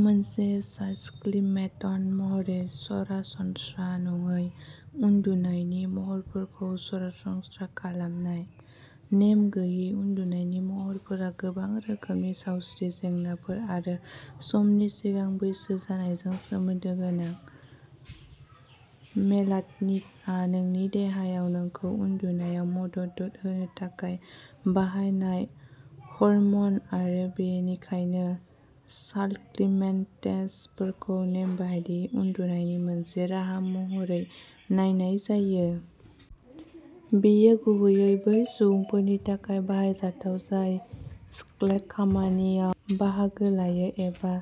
मोनसे साप्लिमेन्ट महरै सरासनस्रा नङै उन्दुनायनि महरफोरखौ सरासनस्रा खालामनाय। नेम गैयै उन्दुनायनि महरफोरा गोबां रोखोमनि सावस्रि जेंनाफोर आरो समनि सिगां बैसो जानायजों सोमोन्दो गोनां। मेलाटनिनआ नोंनि देहाया नोंखौ उन्दुनायाव मदद होनो थाखाय बाहायनाय हर्मन आरो बेनिखायनो साप्लिमेन्टेसनखौ नेमबादि उन्दुनायनि मोनसे राहा महरै नायनाय जायो। बेयो गुबैयै बै सुबुंफोरनि थाखाय बाहायजाथाव जाय शिफ्ट खामानियाव बाहागो लायो एबा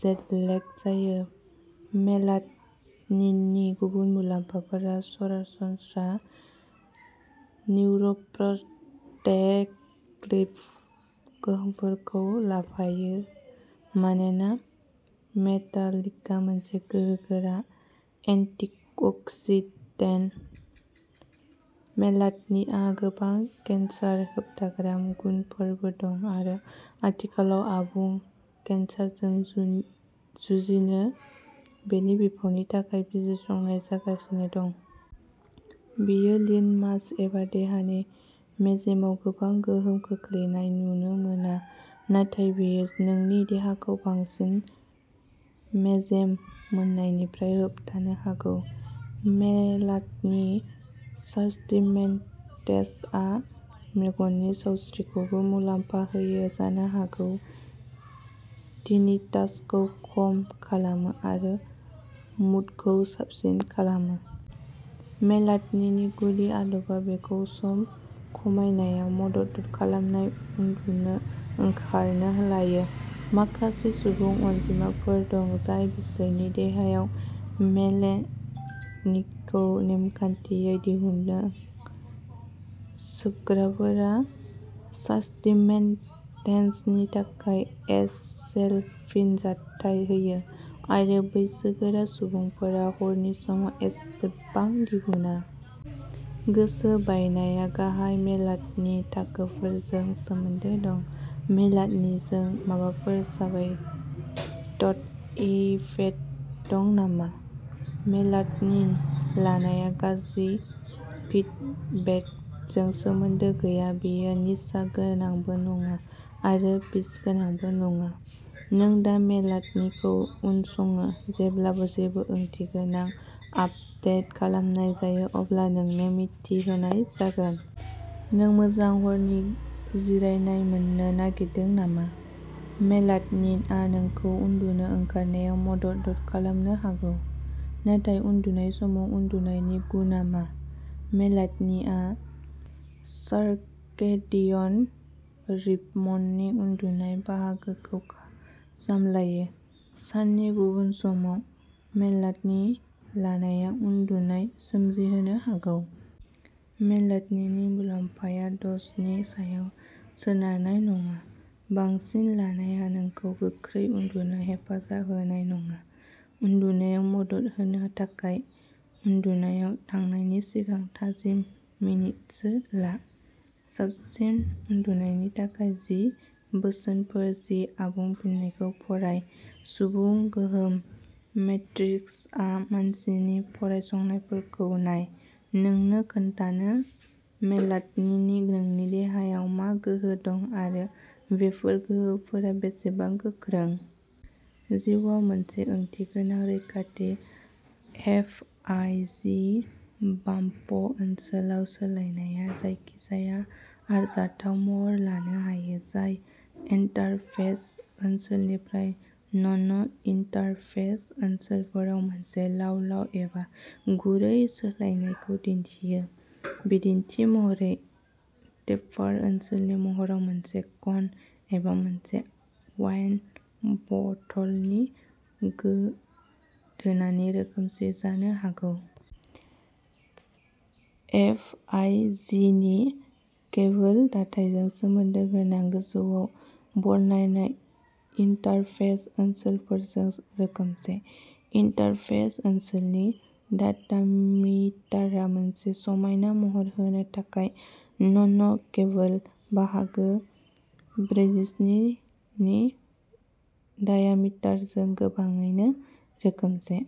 जेट लेग जायो। मेलाट'निननि गुबुन मुलाम्फाफोरा सरासनस्रा निउर'प्रटेक्टिभ गोहोमफोरखौ लाफायो मानोना मेलाट'निनआ मोनसे गोहोगोरा एन्टिअक्सिडेन्ट। मेलाट'निनहा गोबां केन्सार होबथाग्रा गुनफोरबो दं आरो आथिखालाव आबुं केन्सारजों जु जुजिनो बेनि बिफावनि थाखाय बिजिरसंनाय जागासिनो दं। बेयो लीन मास एबा देहानि मेजेमाव गोबां गोहोम खोख्लैनाय नुनो मोना नाथाय बेयो नोंनि देहाखौ बांसिन मेजेम मोननायनिफ्राय होबथानो हागौ। मेलाट'निन साप्लिमेन्टेसनआ मेगननि सावस्रिखौबो मुलाम्फा होयो जानो हागौ टिनिटासखौ खम खालामो आरो मुडखौ साबसिन खालामो। मेलाट'निननि गुदि आदबआ बेखौ सम खमायनायाव मदद खालामनाय। उन्दुनो ओंखारनो लायो। माखासे सुबुं अनजिमाफोर दं जाय बिसोरनि देहायाव मेलेटनिनखौ नेमखान्थियै दिहुनो। सोबग्राफोरा साप्लिमेन्टेसननि थाखाय एसेल'फिनजाथाय होयो, आरो बैसोगोरा सुबुंफोरा हरनि समाव एसेबां दिहुनो। गोसो बायनाया गाहाय मेलाटनिन थाखोफोरजोंबो सोमोन्दो दं। मेलाटनिनजों माबाफोर साइड इफेक्ट दं नामा? मेलाटनिन लानाया गाज्रि फिडबेकजों सोमोन्दो गैया। बेयो निसा गोनांबो नङा आरो बिसगोनांबो नङा। नों दा मेलाटनिनखौ उनसङो। जेब्ला जेबो ओंथिगोनां आपदेट खालामनाय जायो अब्ला नोंनो मिथि होनाय जागोन। नों मोजां हरनि जिरायनाय मोन्नो नागिरदों नामा? मेलाटनिनआ नोंखौ उन्दुनो ओंखारनायाव मदद खालामनो हागौ, नाथाय उन्दुनाय समाव उन्दुनायनि गुनआ मा? मेलाटनिनआ सार्केडियन रिदमनि उन्दुनाय बाहागोखौ सामलायो। साननि गुबुन समाव मेलाटनिन लानाया उनदुनाय सोमजिहोनो हागौ। मेलाट'निननि मुलाम्फाया द'जनि सायाव सोनारनाय नङा-बांसिन लानाया नोंखौ गोख्रै उन्दुनो हेफाजाब होनाय नङा। उन्दुनायाव मदद होनो थाखाय, उन्दुनायाव थांनायनि सिगां थामजि मिनिटसो ला। साबसिन उन्दुनायनि थाखाय जि बोसोनफोर नि आबुं फिननायखौ फराय सुबुं गोहोम मेट्रिक्सआ मानसिनि फरायसंनायफोरखौ नाय नोंनो खोन्थानो मेलाट'निननि नोंनि देहायाव मा गोहोम दं आरो बेफोर गोहोमफोरा बेसेबां गोख्रों। जिउआव मोनसे ओंथिगोनां रैखाथि एफ आइ जि बाम्प ओनसोलाव सोलायनायआ जायखिजाया आरजाथाव महर लानो हायो जाय इन्टारफेस ओनसोलनिफ्राय नन इन्टारफेस ओनसोलफोराव मोनसे लाव लाव एबा गुरै सोलायनायखौ दिन्थियो। बिदिन्थि महरै, टेपार ओनसोलनि महरा मोनसे कन एबा मोनसे वाइन बथलनि गो गोदोनानि रोखोमसे जानो हागौ। एफ आइ जि नि केबोल दाथायजों सोमोन्दो गोनां गोजौआव बरनायनाय इन्टारफेस ओनसोलफोरजों रोखोमसे। इन्टारफेस ओनसोलनि डायामिटारा मोनसे समायना महर होनो थाखाय नन केबोल बाहागो बैजिस्नि नि डायामिटारजों गोबाङैनो रोखोमसे।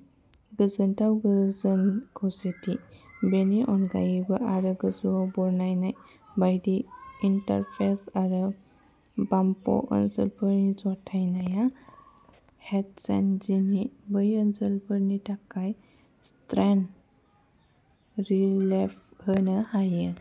गोजोनथाव गोजोन खौसेथि। बेनि अनगायैबो आरो गोजौआव बरनायनाय बायदि, इन्टारफेस आरो बाम्प ओनसोलफोरनि जथायनाया हेडसेट जि नि बै ओनसोलफोरनि थाखाय स्ट्रेन रिलिफ होनो हायो।